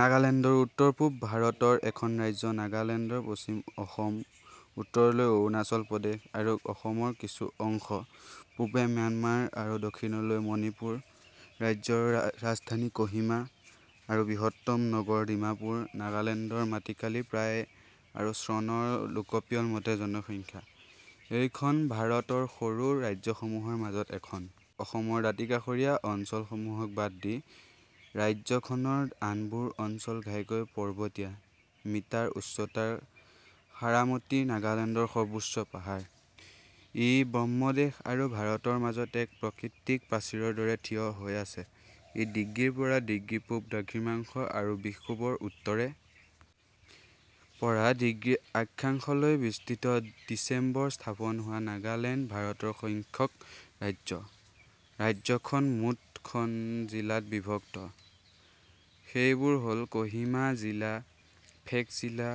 নাগালেণ্ড উত্তৰ-পূব ভাৰত ৰ এখন ৰাজ্য। নাগালেণ্ডৰ পশ্চিমে অসম, উত্তৰলৈ অৰুণাচল প্ৰদেশ আৰু অসমৰ কিছু অংশ, পূৱে ম্যানমাৰ আৰু দক্ষিণলৈ মণিপুৰ। ৰাজ্যৰ ৰাজধানী ক'হিমা, আৰু বৃহত্তম নগৰ ডিমাপুৰ, নাগালেণ্ডৰ মাটিকালি প্ৰায় আৰু চনৰ লোকপিয়ল মতে জনসংখ্যা, এইখন ভাৰত ৰ সৰু ৰাজ্যসমূহৰ মাজত এখন। অসমৰ দাঁতিকাষৰীয়া অঞ্চল সমূহক বাদ দি ৰাজ্য খনৰ আনবোৰ অঞ্চল ঘাইকৈ পৰ্বতীয়া, মিটাৰ ঊচ্চতাৰ সাৰামতি নাগালেণ্ডৰ সৰ্বোচ্চ পাহাৰ, ই ব্ৰহ্মদেশ আৰু ভাৰতৰ মাজত এক প্ৰাকৃতিক প্ৰাচীৰৰ দৰে থিয় হৈ আছে। ই ডিগ্ৰীৰ পৰা ডিগ্ৰী পূৱ দ্ৰাঘিমাংশ আৰু বিষুৱ ৰ উত্তৰে. ৰ পৰা ডিগ্ৰী অক্ষাংশলৈ বিস্তৃত। ডিচেম্বৰ স্থাপন হোৱা নাগালেণ্ড ভাৰতৰ সংখ্যক ৰাজ্য, ৰাজ্যখন মুঠ খন জিলাত বিভক্ত, সেইবোৰ হ'ল: ক'হিমা জিলা, ফেক জিলা,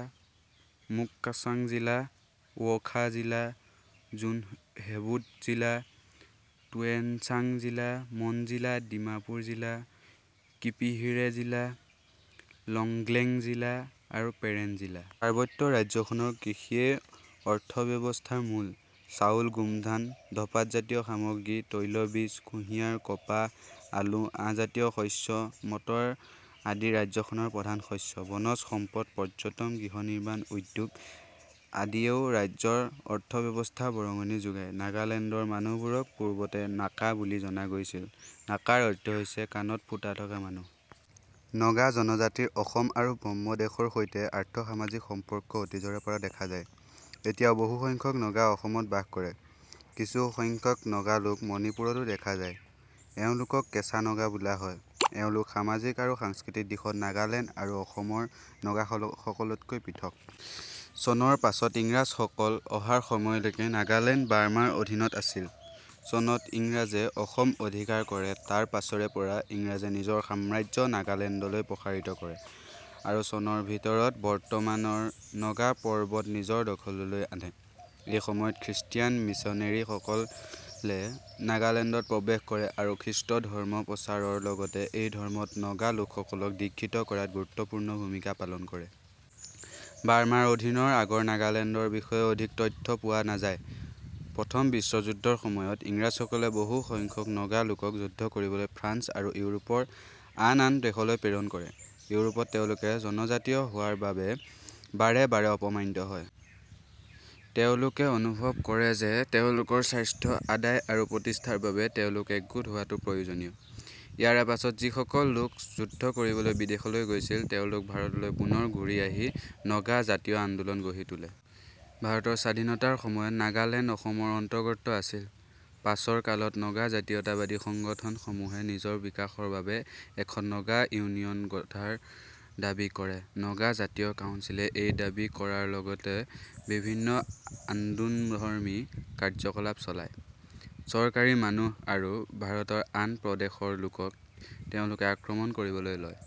মুককচাং জিলা, ৱ'খা জিলা, জুনহেবুট' জিলা, টুৱেনচাং জিলা, মন জিলা, ডিমাপুৰ জিলা, কিপহিৰে জিলা, লংগ্লেং জিলা আৰু পেৰেণ জিলা. পাৰ্বত্য ৰাজ্যখনৰ কৃষিয়েই অৰ্থব্যৱস্থাৰ মূল। চাউল, গোমধান, ধপাতজাতীয় সামগ্ৰী, তৈলবীজ, কুহিঁয়াৰ, কপাহ, আলু, আহঁজাতীয় শস্য, মতৰ আদি ৰাজ্যখনৰ প্ৰধান শস্য। বনজ সম্পদ, পৰ্যটন, গৃহনিৰ্মাণ ঊদ্যোগ আদিয়েও ৰাজ্যৰ অৰ্থব্যৱস্থা বৰঙণি যোগাই। নাগালেণ্ডৰ মানুহবোৰক পূৰ্বতে নাকা বুলি জনা গৈছিল, নাকাৰ অৰ্থ হৈছে কাণত ফুটা থকা মানুহ। নগা জনজাতিৰ অসম আৰু ব্ৰহ্মদেশৰ সৈতে আৰ্থ-সামাজিক সম্পৰ্ক অতীজৰে পৰা দেখা যায়। এতিয়াও বহু সংখ্যাক নগা অসমত বাস কৰে, কিছু সংখ্যাক নগালোক মণিপুৰ তো দেখা যায়, এওঁলোকক কেঁচা নগা বোলা হয়, এওঁলোক সামাজিক আৰু সাংস্কৃতিক দিশত নাগালেণ্ড আৰু অসমৰ নগাসকলতকৈ পৃথক। চনৰ পাছত ইংৰাজসকল অহাৰ সময়লৈকে নগালেণ্ড বাৰ্মাৰ অধীনত আছিল, চনত ইংৰাজে অসম অধিকাৰ কৰে, তাৰ পাছৰে পৰা ইংৰাজে নিজৰ সাম্ৰাজ্য নাগালেণ্ডলৈ প্ৰসাৰিত কৰে আৰু চনৰ ভিতৰত বৰ্তমানৰ নগা পৰ্বত নিজৰ দখললৈ আনে, এই সময়ত খৃষ্টিয়ান মিচনেৰী সকলে নগালেণ্ডত প্ৰৱেশ কৰে আৰু খ্ৰীষ্ট ধৰ্ম প্ৰচাৰৰ লগতে এই ধৰ্মত নগা লোকসকলক দীক্ষিত কৰাত গুৰুত্বপূৰ্ণ ভূমিকা পালন কৰে। বাৰ্মাৰ অধীনৰ আগৰ নাগালেণ্ডৰ বিষয়ে অধিক তথ্য পোৱা নাযায়। প্ৰথম বিশ্বযুদ্ধৰ সময়ত ইংৰাজসকলে বহু সংখ্যক নগা লোকক যুদ্ধ কৰিবলৈ ফ্ৰান্স আৰু ইউৰোপৰ আন আন দেশলৈ প্ৰেৰণ কৰে, ইউৰোপত তেওঁলোকে জনজাতীয় হোৱাৰ বাৰে বাৰে অপমানিত হয়। তেওঁলোকে অনুভৱ কৰে যে তেওঁলোকৰ স্বাৰ্থ আদায় আৰু প্ৰতিষ্ঠাৰ বাবে তেওঁলোক একগোট হোৱাটো প্ৰয়োজনীয়। ইয়াৰ পাছত যি সকল লোক যুদ্ধ কৰিবলৈ বিদেশলৈ গৈছিল তেওঁলোকে ভাৰতলৈ পুনৰ ঘূৰি আহি নগা জাতীয় আন্দোলন গঢ়ি তোলে। ভাৰতৰ স্বাধীনতাৰ সময়ত নাগালেণ্ড অসমৰ অন্তৰ্গত আছিল, পাছৰ কালত নগা জাতীয়তাবাদী সংগঠন সমূহে নিজৰ বিকাশৰ বাবে এখন নগা ইউনিয়ন গঢ়াৰ দাবী কৰে, নগা জাতীয় কাউঞ্চিলে এই দাবী কৰাৰ লগতে বিভিন্ন আন্দোনধৰ্মী কাৰ্যকলাপ চলাই যায়, চৰকাৰী মানুহ আৰু ভাৰতৰ আন প্ৰদেশৰ লোকক তেওঁলোকে আক্ৰমণ কৰিবলৈ লয়।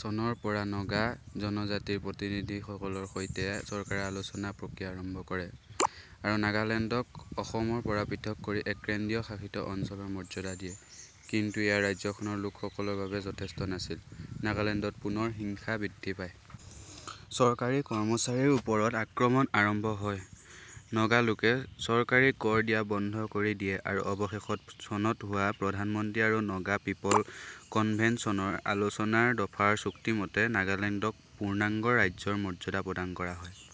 চনৰ পৰা নগা জনজাতীৰ প্ৰতিনিধি সকলৰ সৈতে চৰকাৰে আলোচনা প্ৰক্ৰিয়া আৰম্ভ কৰে, আৰু নাগালেণ্ডক অসমৰ পৰা পৃথক কৰি এক কেন্দ্ৰীয় শাসিত অঞ্চলৰ মৰ্যাদা দিয়ে, কিন্তু এয়া ৰাজ্যখনৰ লোকসকলৰ বাবে যথেষ্ট নাছিল। নাগালেণ্ডত পুনৰ হিংসা বৃদ্ধি পায়। চৰকাৰী কৰ্মচাৰীৰ ওপৰত আক্ৰমণ আৰম্ভ হয়। নগালোকে চৰকাৰী কৰ দিয়া বন্ধ কৰি দিয়ে আৰু অৱশেষত চনত হোৱা প্ৰধানমন্ত্ৰী আৰু নাগা পিপ'ল কনভেনচনৰ আলোচনাৰ দফাৰ চুক্তি মৰ্মে নাগালেণ্ডক পূৰ্ণাংগ ৰাজ্যৰ মৰ্যাদা প্ৰদান কৰা হয়।।